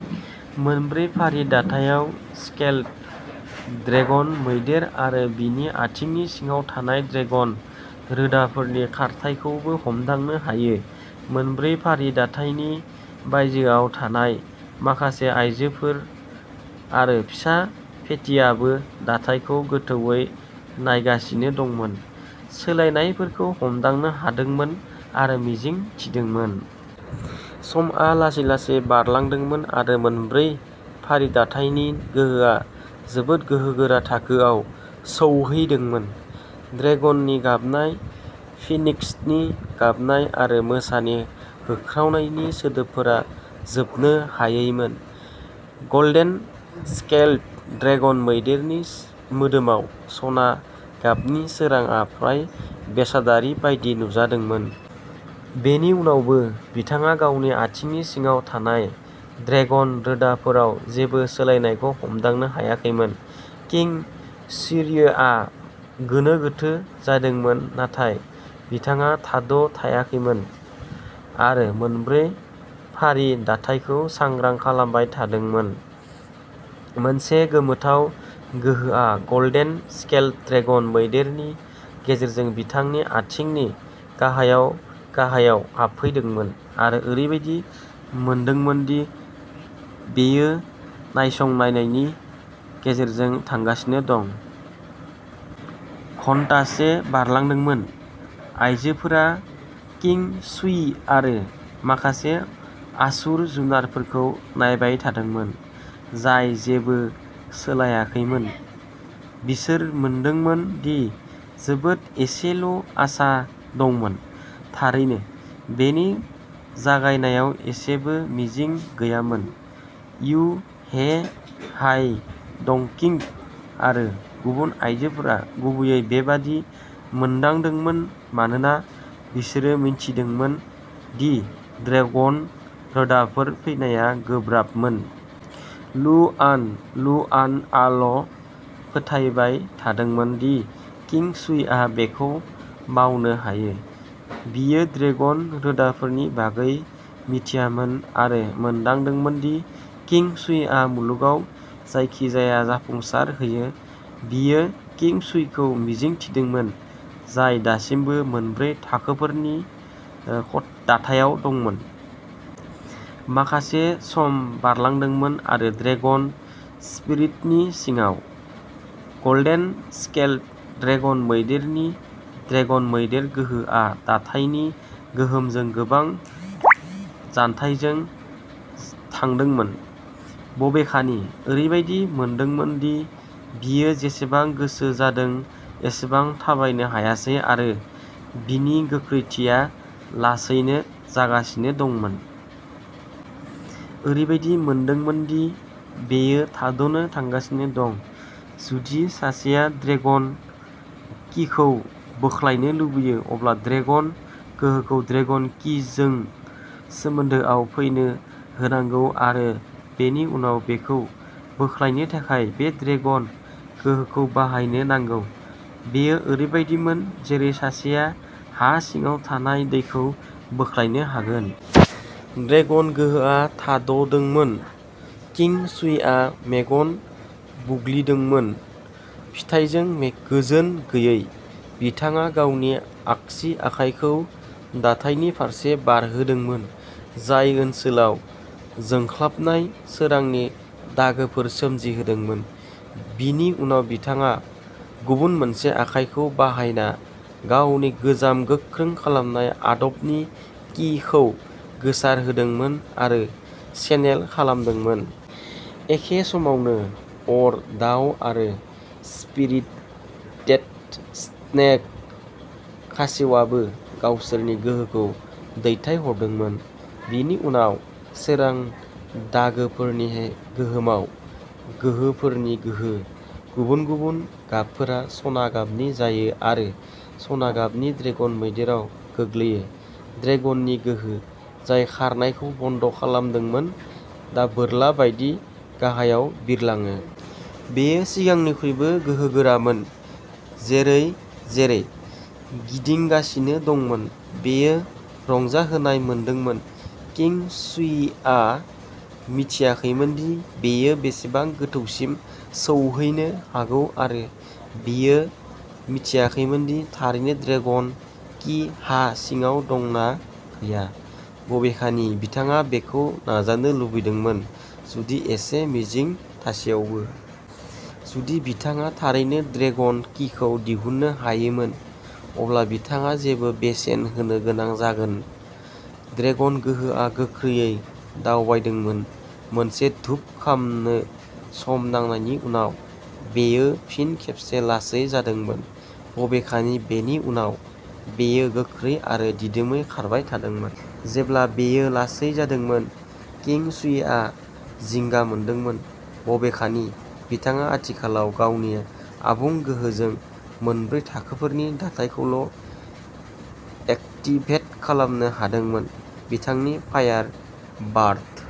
मोनब्रै फारि दाथायाव scaled dragon मैदेर आरो बिनि आथिंनि सिङाव थानाय'ड्रेगन रोदाफोरनि खारथाइखौबो हमदांनो हायो। मोनब्रै फारि दाथायनि बायजोआव थानाय माखासे आइजोफोर आरो फिसा फेटिआबो दाथायखौ गोथौवै नायगासिनो दंमोन, सोलायनायफोरखौ हमदांनो हादोंमोन आरो मिजिं थिदोंमोन। समआ लासै लासै बारलांदोंमोन आरो मोनब्रै फारि दाथायनि गोहोआ जोबोद गोहोगोरा थाखोआव सौहैदोंमोन। ड्रेगननि गाबनाय फिनिक्सनि गाबनाय आरो मोसानि होख्रावनायनि सोदोबफोरा जोबनो हायैमोन। गल्डेन स्केल्ड ड्रेगन मैदेरनि मोदोमाव सना गाबनि सोरांआ फ्राय बेसादारि बायदि नुजादोंमोन। बेनि उनावबो, बिथाङा गावनि आथिंनि सिङाव थानाय'ड्रेगन रोदा'फोराव जेबो सोलायनायखौ हमदांनो हायाखैमोन। किं शुईआ गोनो गोथो जादोंमोन नाथाय बिथाङा थाद'थायाखैमोन आरो मोनब्रै फारि दाथायखौ सांग्रां खालामबाय थादोंमोन। मोनसे गोमोथाव गोहोआ गल्डेन स्केल्ड ड्रेगन मैदेरनि गेजेरजों बिथांनि आथिंनि गाहायाव गाहायाव हाबफैदोंमोन आरो ओरैबायदि मोनदोंमोन दि बेयो नायसंनायनि गेजेरजों थांगासिनो दं। घन्टासे बारलांदोंमोन। आइजोफोरा किं शुइ आरो माखासे आसुर जुनारफोरखौ नायबाय थादोंमोन, जाय जेबो सोलायाखैमोन। बिसोर मोनदोंमोन दि जोबोद एसेल'आसा दंमोन। थारैनो, बेनि जागायनायाव एसेबो मिजिं गैयामोन। यु हे, हाय डंकिंग, आरो गुबुन आइजोफोरा गुबैयै बेबादि मोनदांदोंमोन मानोना बिसोरो मिथिदोंमोन दि ड्रेगन रोदाफोर फैनाया गोब्राबमोन। लुआन लुआनआल'फोथायबाय थादोंमोन दि किं शुइआ बेखौ मावनो हायो। बियो ड्रेगन रोदाफोरनि बागै मिथियामोन आरो मोनदांदोंमोन दि किं शुइआ मुलुगाव जायखिजाया जाफुंसारनो हायो। बियो किं शुइखौ मिजिं थिदोंमोन, जाय दासिमबो मोनब्रै थाखोफोरनि ओ दाथायाव दंमोन। माखासे सम बारलांदोंमोन आरो ड्रेगन स्पिरिटनि सिङाव, गोल्डेन स्केल्ड ड्रेगन मैदेरनि ड्रेगन मैदेर गोहोआ दाथायनि गोहोमजों गोबां जान्थायजों थांदोंमोन। बबेखानि, ओरैबायदि मोनदोंमोन दि बियो जेसेबां गोसो जादों एसेबां थाबायनो हायासै आरो बिनि गोख्रैथिया लासैनो जागासिनो दंमोन। ओरैबायदि मोनदोंमोन दि बेयो थाद'नो थांगासिनो दं। जुदि सासेया'ड्रेगन कि'खौ बोख्लायनो लुबैयो, अब्ला ड्रेगन गोहोखौ ड्रेगन कि'जों सोमोन्दोआव फैनो होनांगौ आरो बेनि उनाव बेखौ बोख्लायनो थाखाय बे ड्रेगन गोहोखौ बाहायनो नांगौ। बेयो ओरैबायदिमोन जेरै सासेया हा सिङाव थानाय दैखौ बोख्लायनो हागोन। ड्रेगन गोहोआ थाद'दोंमोन। किं शुईआ मेगन बुग्लिदोंमोन, फिथायजों गोजोन गैयै। बिथाङा गावनि आगसि आखायखौ दाथायनि फारसे बारहोदोंमोन, जाय ओनसोलाव जोंख्लाबनाय सोरांनि दागोफोर सोमजिहोदोंमोन। बिनि उनाव बिथाङा गुबुन मोनसे आखाइखौ बाहायना गावनि गोजाम गोख्रों खालामनाय आदबनि कि'खौ गोसारहोदोंमोन आरो चेनेल खालामदोंमोन। एखे समावनो, अर दाउ आरो स्पिरिटेड स्नेक खासेवाबो गावसोरनि गोहोखौ दैथायहरदोंमोन। बिनि उनाव, सोरां दागोफोरनि गोहोमाव, गोहोफोरनि गोहो। गुबुन-गुबुन गाबफोरा सना गाबनि जायो आरो सना गाबनि ड्रेगन मैदेराव गोग्लैयो। ड्रेगननि गोहो, जाय खारनायखौ बन्द खालामदोंमोन, दा बोरला बायदि गाहायाव बिरलाङो। बेयो सिगांनिख्रुइबो गोहोगोरामोन, जेरै-जेरै गिदिंगासिनो दंमोन। बेयो रंजाहोनाय मोनदोंमोन। किं शुईआ मिथियाखैमोनदि बेयो बेसेबां गोथौसिम सौहैनो हागौ आरो बियो मिथियाखैमोन दि थारैनो ड्रेगन कि हा सिङाव दं ना गैया। बबेखानि, बिथाङा बेखौ नाजानो लुबैदोंमोन, जुदि एसे मिजिं थासेयावबो। जुदि बिथाङा थारैनो ड्रेगन किखौ दिहुननो हायोमोन, अब्ला बिथाङा जेबो बेसेन होनो गोनां जागोन। ड्रेगन गोहोआ गोख्रैयै दावबायदोंमोन। मोनसे धूप खामनो सम नांनायनि उनाव, बेयो फिन खेबसे लासै जादोंमोन। बबेखानि, बेनि उनाव, बेयो गोख्रै आरो दिदोमै खारबाय थादोंमोन। जेब्ला बेयो लासै जादोंमोन, किं शुईआ जिंगा मोनदोंमोन। बबेखानि, बिथाङा आथिखालाव गावनि आबुं गोहोजों मोनब्रै थाखोफोरनि दाथायखौल' एक्टिभेट खालामनो हादोंमोन। बिथांनि फायार बार्ड।